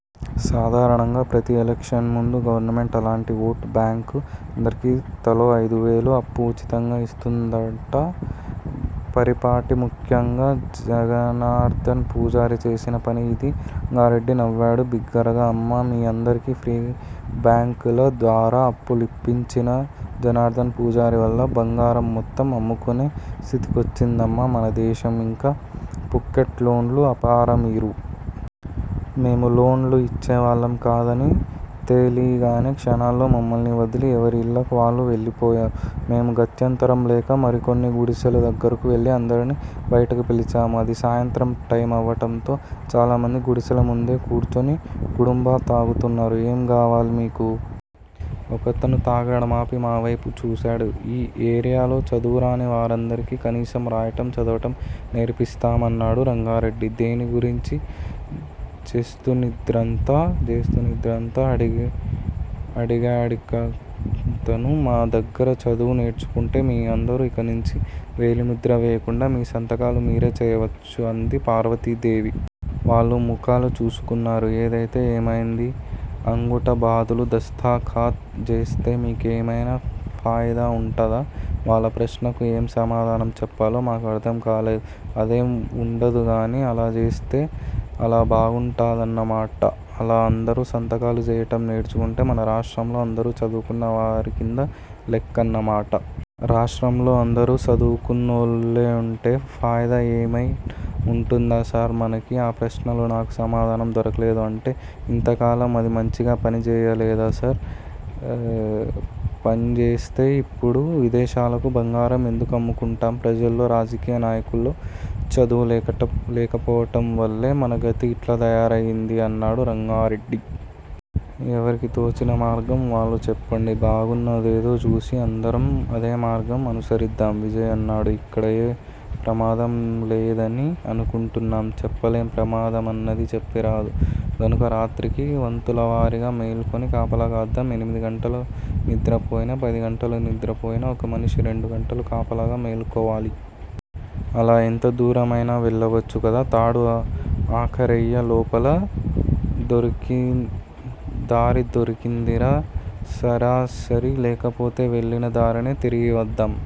సాధారణంగా ప్రతి ఎలక్షన్ ముందూ గవర్నమెంట్ అలాంటి ఓటు బాంక్ అందరికీ తలో ఐదువేలు అప్పు ఉచితంగా ఇస్తూండట పరిపాటి. ముఖ్యంగా జగనార్ధన్ పూజారి చేసిన పని ఇది. రంగారెడ్డి నవ్వాడు బిగ్గరగా! అమ్మా! మీ అందరికీ ఫ్రీ బాంక్ ల ద్వారా అప్పులిప్పించిన జనార్ధన్ పూజారి వల్ల బంగారం మొత్తం అమ్ముకునే స్థితికొచ్చిందమ్మా మనదేశం- ఇంకా పుక్కట్ లోన్లు ఆపరా మీరు? మేము లోన్ ళు ఇచ్చేవాళ్ళం కాదని తెలీగానే క్షణాల్లో మమ్మల్ని వదిలి ఎవరి ఇళ్ళలోకి వాళ్ళు వెళ్ళిపోయారు. మేము గత్యంతరం లేక మరికొన్ని గుడిశెల దగ్గరకు వెళ్ళి అందరినీ బయటకు పిలిచాము. అది సాయంత్రం టైమవటంతో చాలామంది గుడిసెల ముందే కూర్చుని గుడంబా తాగుతున్నారు. ఏం గావాలి మీకు? ఒకతను తాగటం ఆపి మావేపు చూశాడు. ఈ ఏరియాలో చదువురాని వారందరికీ కనీసం రాయటం, చదవటం నేర్పిస్తాం అన్నాడు రంగారెడ్డి. దేన్ని గురించి జేస్తున్రిదంతా? అడిగాడింకొకతను. మా దగ్గర చదువు నేర్చుకుంటే మీ అందరూ ఇకనుంచి వేలి ముద్ర వేయకుండా మీ సంతకాలు మీరే చేయవచ్చు అంది పార్వతీదేవి. వాళ్ళు ముఖాలు చూసుకున్నారు. ఏదైతే ఏమయింది? అంగూఠా బదులు దస్తఖత్ జేస్తే మీకేమైనా ఫాయిదా ఉంటదా? వాళ్ళ ప్రశ్నకు ఏం సమాధానం చెప్పాలో మాకు అర్థం కాలేదు. అదేం వుండదుగానీ- అలా చేస్తే చాలా బాగుంటుందన్నమాట! అలా అందరూ సంతకాలు చేయటం నేర్చుకుంటే మన రాష్ట్రంలో అందరూ చదువుకున్న వారికింద లెక్కన్నమాట. రాష్ట్రంలో అందరూ సదువుకున్నోళ్ళుంటే ఫాయిదా ఏమైనా వుంటుందా సార్ మనకి? ఆ ప్రశ్నకు నాకు సమాధానం దొరకలేదు. అంటే ఇంతకాలం అది మంచిగ పని జేయలేదా సార్? పన్జేస్తే ఇప్పుడు విదేశాలకు బంగారం ఎందుకమ్ముకుంటాం? ప్రజల్లో, రాజకీయ నాయకుల్లో చదువు లేకపోవటం వల్లే మన గతి ఇట్ల తయారయింది అన్నాడు రంగారెడ్డి. ఎవరికీ తోచినమార్గం వాళ్ళు చెప్పండి బాగున్నాదేదో చూసి అందరం అదే మార్గం అనుసరిద్దాం. విజయ్ అన్నాడు. ఇక్కడ ఏ ప్రమాదంలేదని అనుకుంటున్నాం. చెప్పలేం ప్రమాద మన్నది చెప్పిరాదు. కనుక రాత్రికి వంతులవారీగా మేల్కొని కాపలా కాద్దాం ఎనిమిదిగంటలు నిద్రపోయినా పదిగంటలు నిద్రపోయినా ఒక మనిషి రెండు గంటలు కాపలాగా మేల్కోవాలి. అలా ఎంతదూరమైనా వెళ్ళవచ్చు కదా! తాడు ఆఖరయ్యే లోపల దారిదొరికిందిరా సరేసరి లేకపోతె వెళ్ళిన దారినే తిరిగి వద్దాం.